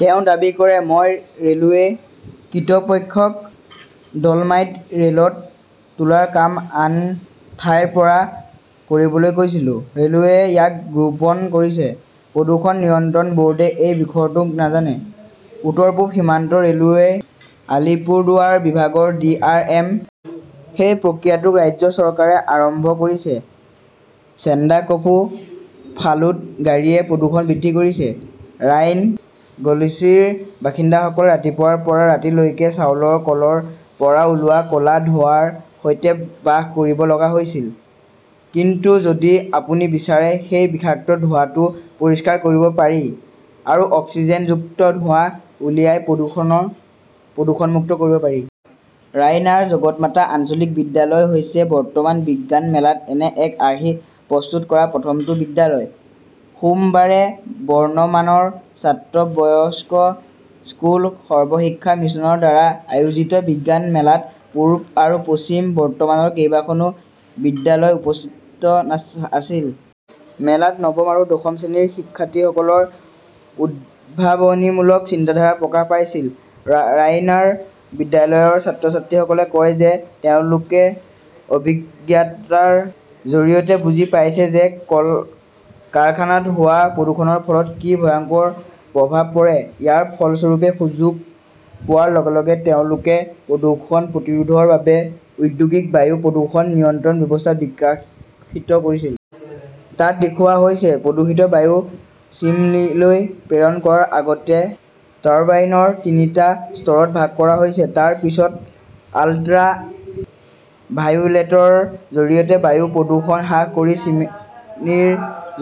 তেওঁ দাবী কৰে, "মই ৰেলৱে কৰ্তৃপক্ষক ডল'মাইট ৰেলত তোলাৰ কাম আন ঠাইৰ পৰা কৰিবলৈ কৈছিলোঁ। ৰেলৱেয়ে ইয়াক গ্ৰহণ কৰিছে। "প্ৰদূষণ নিয়ন্ত্ৰণ বৰ্ডে এই বিষয়টো নাজানে", উত্তৰ-পূব সীমান্ত ৰেলৱেৰ আলিপুৰদুৱাৰ বিভাগৰ ডি. আৰ. এম. সেই প্ৰক্ৰিয়াটো ৰাজ্য চৰকাৰে আৰম্ভ কৰিছে। চেণ্ডাকফু-ফালুত গাড়ীয়ে প্ৰদূষণ বৃদ্ধি কৰিছে । ৰাইনা, গ 'লছিৰ বাসিন্দাসকলে ৰাতিপুৱাৰ পৰা ৰাতি লৈকে চাউলৰ কলৰ পৰা ওলোৱা ক' লা ধোঁৱাৰ সৈতে বাস কৰিব লগা হৈছিল। কিন্তু যদি আপুনি বিচাৰে, সেই বিষাক্ত ধোঁৱাটো পৰিষ্কাৰ কৰিব পাৰি আৰু অক্সিজেনযুক্ত ধোঁৱা উলিয়াই পৰিৱেশক প্ৰদুষণমূক্ত কৰিব পাৰি। ৰায়নাৰ জগতমাতা আঞ্চলিক বিদ্যালয় হৈছে বৰ্ধমানৰ বিজ্ঞান মেলাত এনে এক আৰ্হি প্ৰস্তুত কৰা প্ৰথমটো বিদ্যালয়। সোমবাৰে বৰ্ধমানৰ ছাত্ৰী বয়ছ স্কুলত সৰ্বশিক্ষা মিছনৰ দ্বাৰা আয়োজিত বিজ্ঞান মেলাত পূব আৰু পশ্চিম বৰ্ধমানৰ কেইবাখনো বিদ্যালয় উপস্থিত আছিল। মেলাত নৱম আৰু দশম শ্ৰেণীৰ শিক্ষাৰ্থীসকলৰ উদ্ভাৱনীমূলক চিন্তাধাৰা প্ৰকাশ পাইছিল। ৰাইনাৰ বিদ্যালয়ৰ ছাত্ৰ-ছাত্ৰীসকলে কয় যে, তেওঁলোকে অভিজ্ঞতাৰ জৰিয়তে বুজি পাইছে যে, কাৰখানাত হোৱা প্ৰদূষণৰ ফলত কি ভয়ংকৰ প্ৰভাৱ পৰে। ইয়াৰ ফলস্বৰূপে সুযোগ পোৱাৰ লগে লগে তেওঁলোকে প্ৰদূষণ প্ৰতিৰোধৰ বাবে "ঔদ্যোগিক বায়ু প্ৰদূষণ নিয়ন্ত্ৰণ ব্যৱস্থা" বিকশিত কৰিছিল। তাত দেখুওৱা হৈছে, প্ৰদূষিত বায়ু চিমনীলৈ প্ৰেৰণ কৰাৰ আগতে টাৰ্বাইনৰ তিনিটা স্তৰত ভাগ কৰা হৈছে। তাৰ পিছত 'আল্ট্ৰা ভায়োলেট ৰে" ৰ জৰিয়তে বায়ু প্ৰদূষণ হ্ৰাস কৰি চিমনীৰ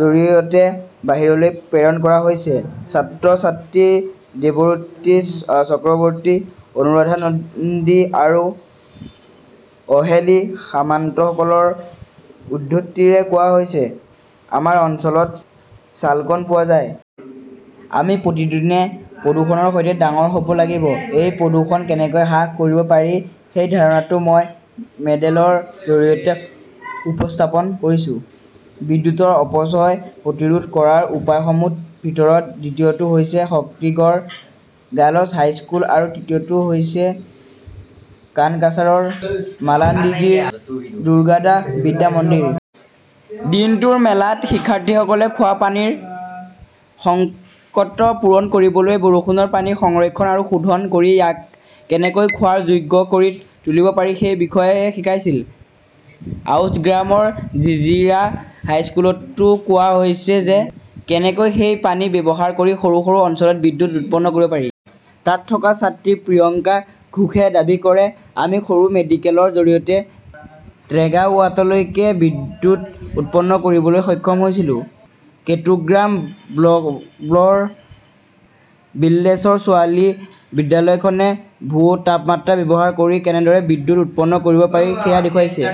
জৰিয়তে বাহিৰলৈ প্ৰেৰণ কৰা হৈছে। ছাত্ৰ-ছাত্ৰী দেৱৰতী চক্ৰৱৰ্তী, অনুৰাধা নন্দী আৰু অহেলি সামন্তসকলৰ উদ্ধৃতিৰে কোৱা হৈছে, "আমাৰ অঞ্চলত চালকল পোৱা যায়। আমি প্ৰতিদিনে প্ৰদূষণৰ সৈতে ডাঙৰ হ 'ব লাগিব। এই প্ৰদূষণ কেনেকৈ হ্ৰাস কৰিব পাৰি সেই ধাৰণাটো মই মডেলৰ জৰিয়তে উপস্থাপন কৰিছো। "বিদ্যুৎৰ অপচয় প্ৰতিৰোধ কৰাৰ উপায়সমূহৰ ভিতৰত দ্বিতীয়টো হৈছে শক্তিগড় গাৰ্লছ হাইস্কুল আৰু তৃতীয়টো হৈছে কানকাছাৰৰ মালাণ্ডিঘিৰ দুৰ্গাদাস বিদ্যা মন্দিৰ। দিনটোৰ মেলাত শিক্ষাৰ্থীসকলে খোৱা পানীৰ সংকট পূৰণ কৰিবলৈ বৰষুণৰ পানী সংৰক্ষণ আৰু শোধন কৰি ইয়াক কেনেকৈ খোৱাৰ যোগ্য কৰি তুলিব পাৰি সেই বিষয়ে শিকাইছিল। আউছগ্ৰামৰ জিজিৰা হাইস্কুলতো কোৱা হৈছে যে, কেনেকৈ সেই পানী ব্যৱহাৰ কৰি সৰু সৰু অঞ্চলত বিদ্যুৎ উৎপাদন কৰিব পাৰি। তাত থকা ছাত্ৰী প্ৰিয়ংকা ঘোষে দাবী কৰে, "আমি সৰু মডেলৰ জৰিয়তে ট্ৰেগাৱাটলৈকে বিদ্যুৎ উৎপাদন কৰিবলৈ সক্ষম হৈছিলো"। কেটুগ্ৰাম ব্লকৰ বিল্লেশ্বৰ ছোৱালী বিদ্যালয়খনে ভূ-তাপমাত্ৰা ব্যৱহাৰ কৰি কেনেদৰে বিদ্যুৎ উৎপাদন কৰিব পাৰি সেয়া দেখুৱাইছে।